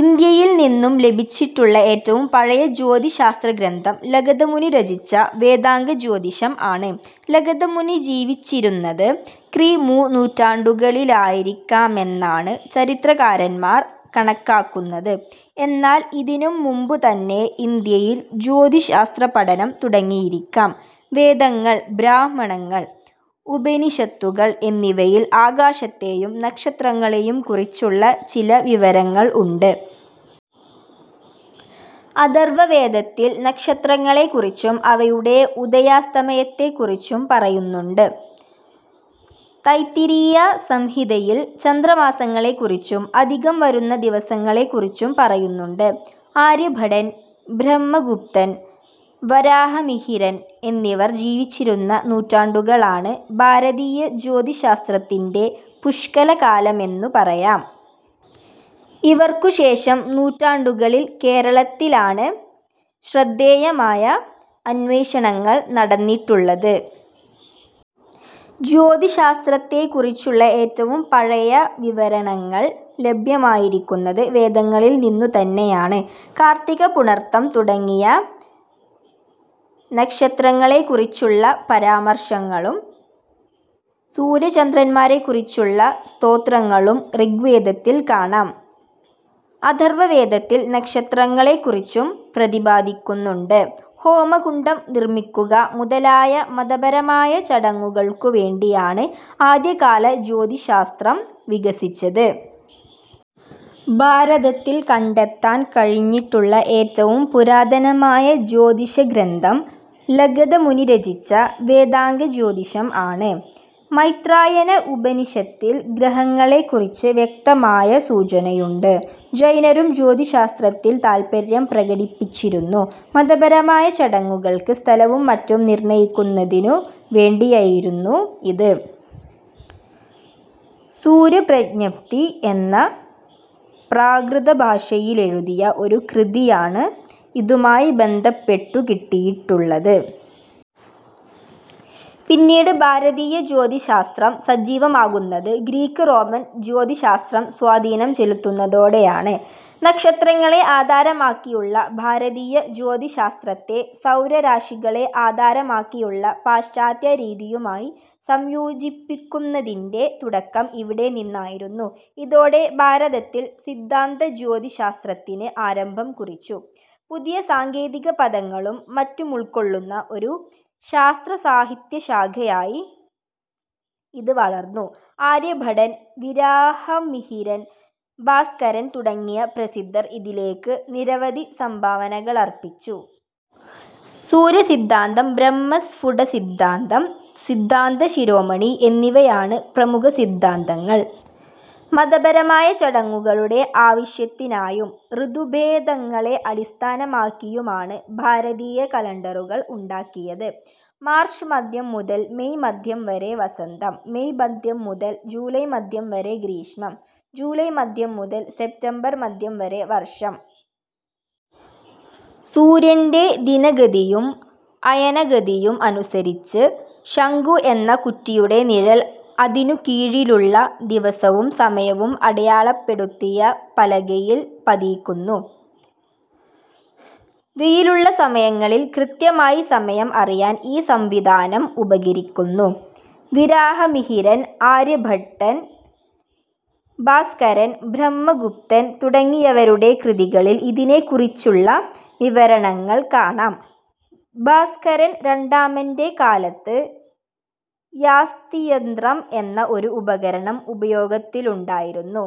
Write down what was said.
ഇന്ത്യയിൽ നിന്നും ലഭിച്ചിട്ടുള്ള ഏറ്റവും പഴയ ജ്യോതിശാസ്ത്രഗ്രന്ഥം ലഗധമുനി രചിച്ച വേദാംഗജ്യോതിഷം ആണ്. ലഗധമുനി ജീവിച്ചിരുന്നത് ക്രി. മു. നൂറ്റാണ്ടുകളിലായിരിക്കാമെന്നാണ് ചരിത്രകാരന്മാർ കണക്കാക്കുന്നത്. എന്നാൽ ഇതിനും മുമ്പുതന്നെ ഇന്ത്യയിൽ ജ്യോതിശാസ്ത്ര പഠനം തുടങ്ങിയിരിക്കാം. വേദങ്ങൾ, ബ്രാഹ്മണങ്ങൾ, ഉപനിഷത്തുകൾ എന്നിവയിൽ ആകാശത്തെയും നക്ഷത്രങ്ങളെയും കുറിച്ചുള്ള ചില വിവരങ്ങൾ ഉണ്ട്. അഥർവ്വവേദത്തിൽ നക്ഷത്രങ്ങളെ കുറിച്ചും അവയുടെ ഉദയാസ്തമയത്തെ കുറിച്ചും പറയുന്നുണ്ട്. തൈത്തിരീയ സംഹിതയിൽ ചന്ദ്രമാസങ്ങളെ കുറിച്ചും അധികം വരുന്ന ദിവസങ്ങളെ കുറിച്ചും പറയുന്നുണ്ട്. ആര്യഭടൻ, ബ്രഹ്മഗുപ്തൻ, വരാഹമിഹിരൻ എന്നിവർ ജീവിച്ചിരുന്ന, നൂറ്റാണ്ടുകളാണ് ഭാരതീയ ജ്യോതിശാസ്ത്രത്തിന്റെ പുഷ്കലകാലമെന്നു പറയാം. ഇവർക്കു ശേഷം നൂറ്റാണ്ടുകളിൽ കേരളത്തിലാണ് ശ്രദ്ധേയമായ അന്വേഷണങ്ങൾ നടന്നിട്ടുള്ളത്. ജ്യോതിശാസ്ത്രത്തെ കുറിച്ചുള്ള ഏറ്റവും പഴയ വിവരണങ്ങൾ ലഭ്യമായിരിക്കുന്നത് വേദങ്ങളിൽ നിന്നു തന്നെയാണ്. കാർത്തിക, പുണർതം തുടങ്ങിയ നക്ഷത്രങ്ങളെ കുറിച്ചുള്ള പരാമർശങ്ങളും സൂര്യ ചന്ദ്രന്മാരെ കുറിച്ചുള്ള സ്തോത്രങ്ങളും ഋഗ്വേദത്തിൽ കാണാം. അഥർവ വേദത്തിൽ നക്ഷത്രങ്ങളെ കുറിച്ചും പ്രദിപാദിക്കുന്നുണ്ട്.. ഹോമകുണ്ഡം നിർമ്മിക്കുക മുതലായ മതപരമായ ചടങ്ങുകൾക്കു വേണ്ടിയാണ് ആദ്യകാല ജ്യോതിശാസ്ത്രം വികസിച്ചത്. ഭാരതത്തിൽ കണ്ടെത്താൻ കഴിഞ്ഞിട്ടുള്ള ഏറ്റവും പുരാതനമായ ജ്യോതിഷ ഗ്രന്ഥം ലഗധമുനി രചിച്ച വേദാംഗജ്യോതിഷം ആണ്. മൈത്രായന ഉപനിഷത്തിൽ ഗ്രഹങ്ങളെ കുറിച്ച് വ്യക്തമായ സൂചനയുണ്ട്. ജൈനരും ജ്യോതിശാസ്ത്രത്തിൽ താൽപര്യം പ്രകടിപ്പിച്ചിരുന്നു. മതപരമായ ചടങ്ങുകൾക്ക് സ്ഥലവും മറ്റും നിർണ്ണയിക്കുന്നതിനു വേണ്ടിയയിരുന്നു ഇത്. സൂര്യപ്രജ്ഞപ്തി എന്ന പ്രാകൃതഭാഷയിലെഴുതിയ ഒരു കൃതിയണ് ഇതുമായി ബന്ധപ്പെട്ടു കിട്ടിയിട്ടുള്ളത്. പിന്നീട് ഭാരതീയ ജ്യോതിശാസ്ത്രം സജ്ജീവമാകുന്നത് ഗ്രീക്ക്-റോമൻ ജ്യോതിശാസ്ത്രം സ്വാധീനം ചെലുത്തുന്നതോടെയാണ്. നക്ഷത്രങ്ങളെ ആധാരമാക്കിയുള്ള ഭാരതീയ ജ്യോതിശാസ്ത്രത്തെ സൗരരാശികളെ ആധാരമാക്കിയുള്ള പാശ്ചാത്യ രീതിയുമായി സംയോജിപ്പിക്കുന്നതിന്റെ തുടക്കം ഇവിടെ നിന്നായിരുന്നു. ഇതോടെ ഭാരതത്തിൽ സിദ്ധാന്തജ്യോതിശാസ്ത്രത്തിന് ആരംഭം കുറിച്ചു. പുതിയ സാങ്കേതികപദങ്ങളും മറ്റുമുൾക്കൊള്ളുന്ന ഒരു ശാസ്ത്രസാഹിത്യശാഖയായി ഇത് വളർന്നു. ആര്യഭടൻ, വരാഹമിഹിരൻ, ഭാസ്കരൻ, തുടങ്ങിയ പ്രസിദ്ധർ ഇതിലേക്ക് നിരവധി സംഭാവനകളർപ്പിച്ചു. സൂര്യസിദ്ധാന്തം, ബ്രഹ്മസ്ഫുടസിദ്ധാന്തം, സിദ്ധാന്ത ശിരോമണി എന്നിവയാണ് പ്രമുഖസിദ്ധാന്തങ്ങൾ. മതപരമായ ചടങ്ങുകളുടെ ആവശ്യത്തിനായും ഋതുഭേദങ്ങളെ അടിസ്ഥാനമാക്കിയുമാണ് ഭാരതീയ കലണ്ടറുകൾ ഉണ്ടാക്കിയത്. മാർച്ച് മദ്ധ്യം മുതൽ മെയ് മദ്ധ്യം വരെ വസന്തം. മെയ് മദ്ധ്യം മുതൽ ജൂലൈ മദ്ധ്യം വരെ ഗ്രീഷ്മം. ജൂലൈ മദ്ധ്യം മുതൽ സപ്റ്റംബർ മദ്ധ്യം വരെ വർഷം. സൂര്യന്റെ ദിനഗതിയും അയനഗതിയും അനുസരിച്ച് ശങ്കു എന്ന കുറ്റിയുടെ നിഴൽ അതിനുകീഴിലുള്ള, ദിവസവും സമയവും അടയാളപ്പെടുത്തിയ പലകയിൽ പതിയ്ക്കുന്നു. വെയിലുള്ള സമയങ്ങളിൽ കൃത്യമായി സമയം അറിയാൻ ഈ സംവിധാനം ഉപകരിക്കുന്നു. വരാഹമിഹിരൻ, ആര്യഭട്ടൻ, ഭാസ്കരൻ, ഭ്രഹ്മഗുപ്തൻ തുടങ്ങിയവരുടെ കൃതികളിൽ ഇതിനെ കുറിച്ചുള്ള വിവരണങ്ങൾ കാണാം. ഭാസ്കരൻ രണ്ടാമന്റെ കാലത്ത് യാസ്തിയന്ത്രം എന്ന ഒരു ഉപകരണം ഉപയോഗത്തിലുണ്ടായിരുന്നു.